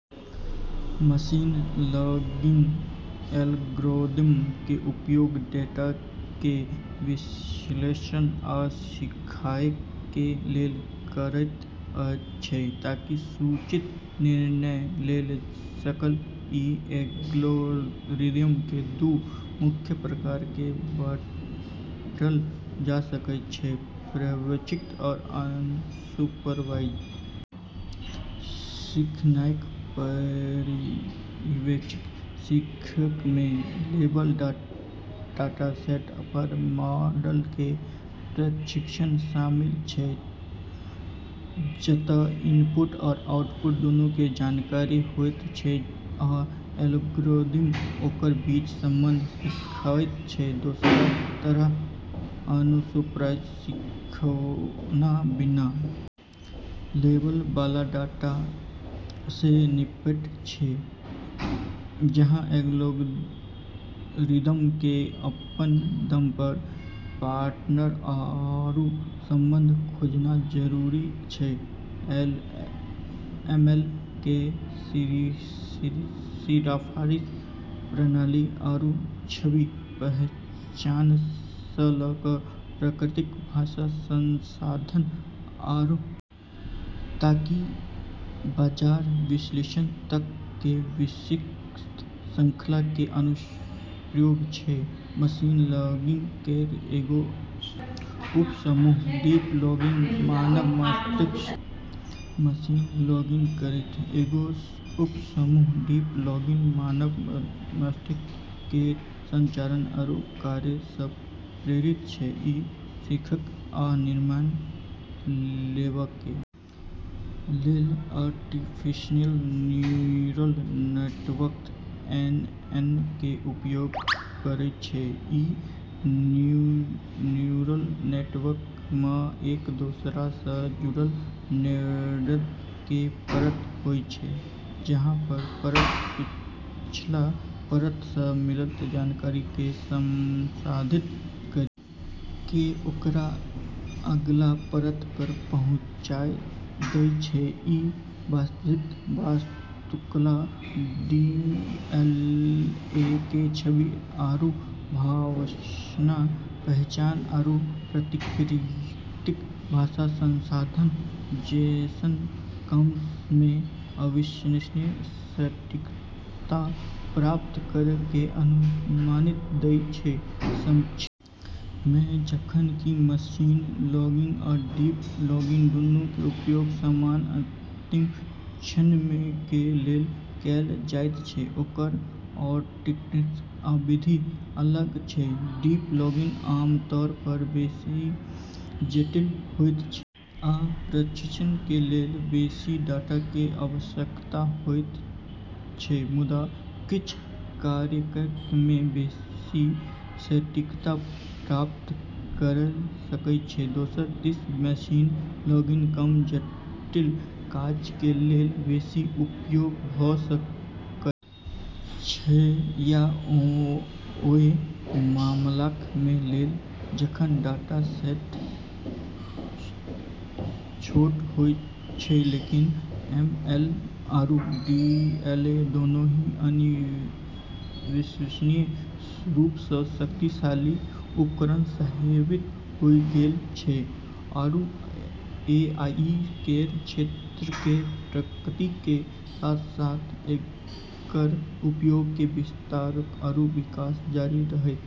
Machine learning algorithm कें उपयोग data कें विश्लेषण आ सीखय कें लेल करयत छै ताकि सूचित निर्णय ले सकय, इ एल्गोरिदम कें दू मुख्य प्रकार मे बांटल जा सकय छै पर्यवेक्षित आ अनसुपरवाइज सीखनाय पर्यवेक्षित सीखय मे लेबल डाटा-सेट पर मॉडल कें प्रशिक्षण शामिल छै जत इनपुट आ आउटपुट दूनू कें जानकारी होयत छै आ एल्गोरिदम ओकर बीच संबंध सीखयत छै, दोसरऽ तरफ अनसुपरवाइज सीखना बिना लेबल वाला डाटा से निपटै छै, जहाँ एल्गोरिदम के अपनऽ दम पे पैटर्न आरू संबंध खोजना जरूरी छै, एमएल केरऽ सिफारिश प्रणाली आरू छवि पहचान स ल कै प्राकृतिक भाषा संसाधन आरू यहां तक कि बाजार विश्लेषण तक के विस्तृत श्रृंखला के अनुप्रयोग छै, मशीन लर्निंग केरऽ एगो उपसमूह डीप लर्निंग मानव मस्तिष्क केरऽ संरचना आरू कार्य स॑ प्रेरित छै, इ सीखय आ निर्णय लेवा कें लेल आर्टिफिशियल न्यूरल नेटवर्क (एनएन) कें उपयोग करय छै, ई न्यूरल नेटवर्क म॑ एक दोसरा स॑ जुड़लऽ नोड्स केरऽ परत होय छै, जहां हर परत पिछला परत स॑ मिललऽ जानकारी के संसाधित करी के ओकरा अगला परत पे पहुँचाय दै छै, ई बहुस्तरीय वास्तुकला डीएल के छवि आरू भाषण पहचान आरू प्राकृतिक भाषा संसाधन जैसनऽ काम मे अविश्वसनीय सटीकता प्राप्त करै के अनुमति दै छै, संक्षेप मे जखन कि मशीन लर्निंग आ डीप लर्निंग दूनू कें उपयोग समान अंतिम लक्ष्य कें लेल कैल जायत छै ओकर आर्किटेक्चर आ विधि अलग-अलग छै, डीप लर्निंग आमतौर पर बेसि जटिल होयत छै आ प्रशिक्षण कें लेल बेसि डाटा कें आवश्यकता होयत छै मुदा किच्छू कार्यक मे बेसि सटीकता प्राप्त कयर सकय छै दोसर दिस मशीन लर्निंग कम जटिल काजक कें लेल बेसि उपयुक्त भ सकय छै, या ओय मामलाक कें लेल जखन डाटा-सेट छोट होय छै लेकिन एमएल आरू डीएल दोनों ही अविश्वसनीय रूप से शक्तिशाली उपकरण साबित होय गेलऽ छै आरू एआई केरऽ क्षेत्र के प्रगति के साथ-साथ एकरऽ उपयोग के विस्तार आरू विकास जारी रहतै।